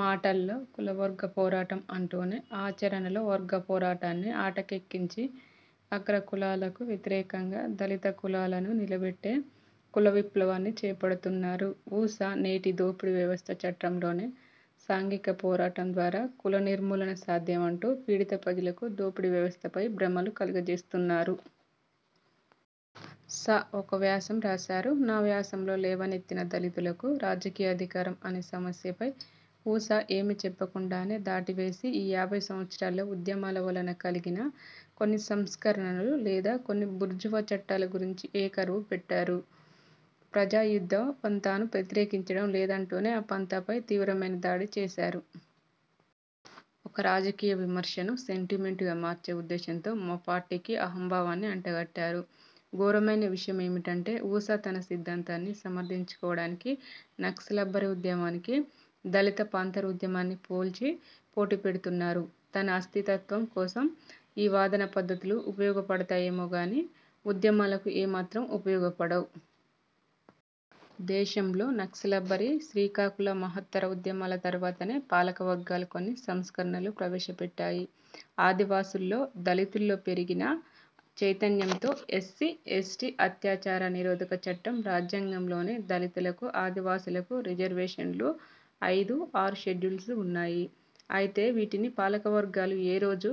మాటల్లో కుల వర్గ పోరాటం అంటూనే ఆచరణలో వర్గ పోరాటాన్ని అటకెక్కించి అగ్రకులాలకు వ్యతిరేకంగా దళిత కులాలను నిలబెట్టే కుల విప్లవాన్ని చేపడుతున్నారు ఉ. సా. నేటి దోపిడీ వ్యవస్థ చట్రంలోనే సాంఘిక పోరాటం ద్వారా కుల నిర్మూలన సాధ్యం అంటూ పీడిత ప్రజలకు దోపిడీ వ్యవస్థపై భ్రమలు కలుగజేస్తున్నారు. సా ఒక వ్యాసం రాసారు. నా వ్యాసంలో లేవనెత్తిన 'దళితులకు రాజకీయాధికారం' అనే సమస్యపై ఉ. సా ఏమి చెప్పకుండానే, దాటవేసి ఈ యాభై సంవత్సరాల్లో ఉద్యమాల వలన కలిగిన కొన్ని సంస్కరణలు లేదా కొన్ని బూర్జువా చట్టాల గురించి ఏకరవు పెట్టారు. ప్రజా యుద్ధ పంథాను వ్యతిరేకించడం లేదంటూనే, ఆ పంథాపై తీవ్రమైన దాడి చేసారు. ఒక రాజకీయ విమర్శను సెంటిమెంటుగా మార్చే ఉద్దేశంతో మా పార్టీకి అహంభావాన్ని అంటగట్టారు. ఘోరమైన విషయమేమంటే, ఉ. సా తన సిద్ధాంతాన్ని సమర్థించుకోవడానికి నక్సల్బరీ ఉద్యమానికీ, దళిత పాంథర్ ఉద్యమాన్ని పోల్చి పోటీ పెడుతున్నారు. తన అస్తిత్వం కోసం ఈ వాదన పద్ధతులు ఉపయోగపడతాయేమో గానీ ఉద్యమాలకు ఏమాత్రం ఉపయోగపడవు. దేశంలో నక్సల్బరీ, శ్రీకాకుళ మహత్తర ఉద్యమాల తర్వాతనే పాలకవర్గాలు కొన్ని సంస్కరణలు ప్రవేశపెట్టాయి. ఆదివాసుల్లో, దళితుల్లో పెరిగిన చైతన్యంతో 'ఎస్సీ, ఎస్టీ, అత్యాచార నిరోధక చట్టం' రాజ్యాంగంలోనే దళితులకు, ఆదివాసులకు రిజర్వేషన్లు, ఐదు, ఆరు షెడ్యూల్స్ ఉన్నాయి. అయితే వీటిని పాలకవర్గాలు ఏ రోజూ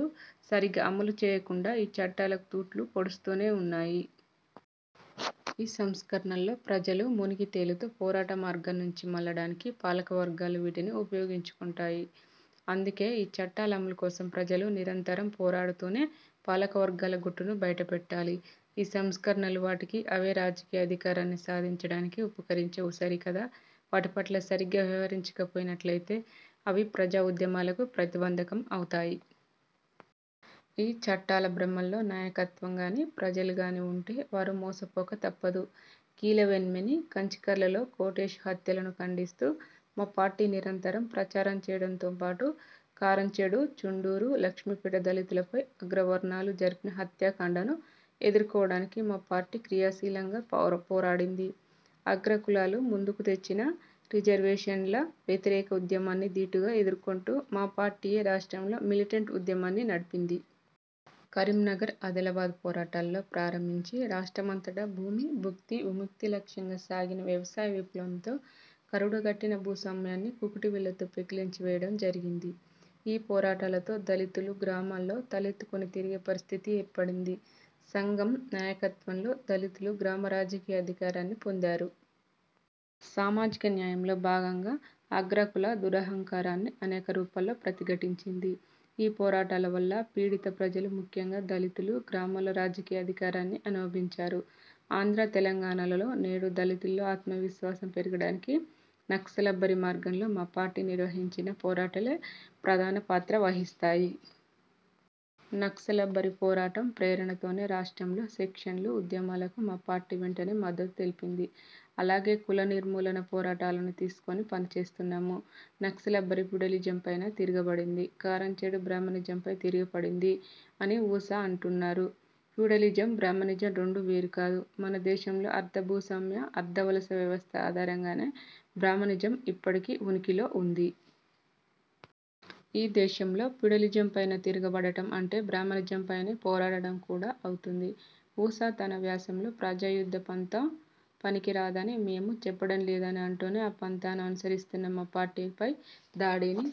సరిగా అమలు చేయకుండా ఈ చట్టాలకు తూట్లు పొడుస్తూనే ఉన్నాయి. ఈ సంస్కరణల్లో ప్రజలు మునిగి తేలుతూ పోరాట మార్గం నుంచి మళ్ళడానికి పాలకవర్గాలు వీటిని ఉపయోగించుకొంటాయి. అందుకే ఈ చట్టాల అమలుకోసం ప్రజలు నిరంతరం పోరాడుతూనే పాలకవర్గాల గుట్టును బయటపెట్టాలి. ఈ సంస్కరణలు వాటికి అవే రాజకీయాధికారాన్ని సాధించడానికి ఉపకరించవు సరికదా, వాటిపట్ల సరిగా వ్యవహరించక పోయినట్లయితే అవి ప్రజా ఉద్యమాలకు ప్రతి బంధకం అవుతాయి. ఈ చట్టాల భ్రమల్లో నాయకత్వంగానీ, ప్రజలుగానీ ఉంటే వారు మోసకపోక తప్పదు. కీలవెన్మణి, కంచికచర్లలో కోటేశు హత్యలను ఖండిస్తూ మా పార్టీ నిరంతరం ప్రచారం చేయడంతో పాటు కారంచేడు, చుండూరు, లక్ష్మింపేట దళితులపై అగ్రవర్ణాలు జరిపిన హత్యాకాండను ఎదుర్కోవడానికి మా పార్టీ క్రియాశీలంగా పోరాడింది. అగ్రకులాలు ముందుకు తెచ్చిన రిజర్వేషన్ల వ్యతిరేక ఉద్యమాన్ని దీటుగా ఎదుర్కొంటూ మా పార్టీయే రాష్ట్రంలో మిలిటెంట్ ఉద్యమాన్ని నడిపింది. కరీంనగర్ ఆదిలాబాద్ పోరాటాల్లో ప్రారంభించి రాష్ట్రమంతటా భూమి, భుక్తి, విముక్తి లక్ష్యంగా సాగిన వ్యవసాయ విప్లవంతో కరుడుగట్టిన భూస్వామ్యాన్ని కూకటివేళ్ళతో పెకిలించి వేయడం జరిగింది. ఈ పోరాటాలతో దళితులు గ్రామాల్లో తలెత్తుకొని తిరిగే పరిస్థితి ఏర్పడింది. సంఘం నాయకత్వంలో దళితులు గ్రామ రాజకీయ అధికారాన్ని పొందారు. సామాజిక న్యాయంలో భాగంగా అగ్రకుల దురహంకారాన్ని అనేక రూపాల్లో ప్రతి ఘటించింది. ఈ పోరాటాల వల్ల పీడిత ప్రజలు ముఖ్యంగా దళితులు గ్రామాల్లో రాజకీయాధికారాన్ని అనుభవించారు. ఆంధ్ర, తెలంగాణలలో నేడు దళితుల్లో ఆత్మవిశ్వాసం పెరగడానికి నక్సల్బరీ మార్గంలో మా పార్టీ నిర్వహించిన పోరాటాలే ప్రధాన పాత్ర వహిస్తాయి. నక్సల్బరీ పోరాటం ప్రేరణతోనే రాష్ట్రంలో సెక్షనల్ ఉద్యమాలకు మా పార్టీ వెంటనే మద్దతు తెలిపింది. అలాగే కులనిర్మూలన పోరాటాలను తీసుకొని పనిచేస్తున్నాము. 'నక్సల్బరీ ఫ్యూడలిజంపైన తిరగబడింది. కారంచేడు బ్రాహ్మణిజంపై తిరగబడింది' అని ఉ. సా అంటున్నారు. ఫ్యూడలిజం, బ్రాహ్మణిజం రెండు వేరుకాదు. మన దేశంలో అర్ధ భూస్వామ్య, అర్ధ వలస వ్యవస్థ ఆధారంగానే బ్రాహ్మణిజం ఇప్పటికీ ఉనికిలో ఉంది. ఈ దేశంలో ఫ్యూడలిజంపైన తిరగబడటం అంటే బ్రాహ్మణిజం పైన పోరాడడం కూడా అవుతుంది. ఉ. సా తన వ్యాసంలో 'ప్రజాయుద్ధ పంథా పనికి రాదని మేము చెప్పడంలేదని' అంటూనే ఆ పంథాను అనుసరిస్తున్న మా పార్టీపై దాడిని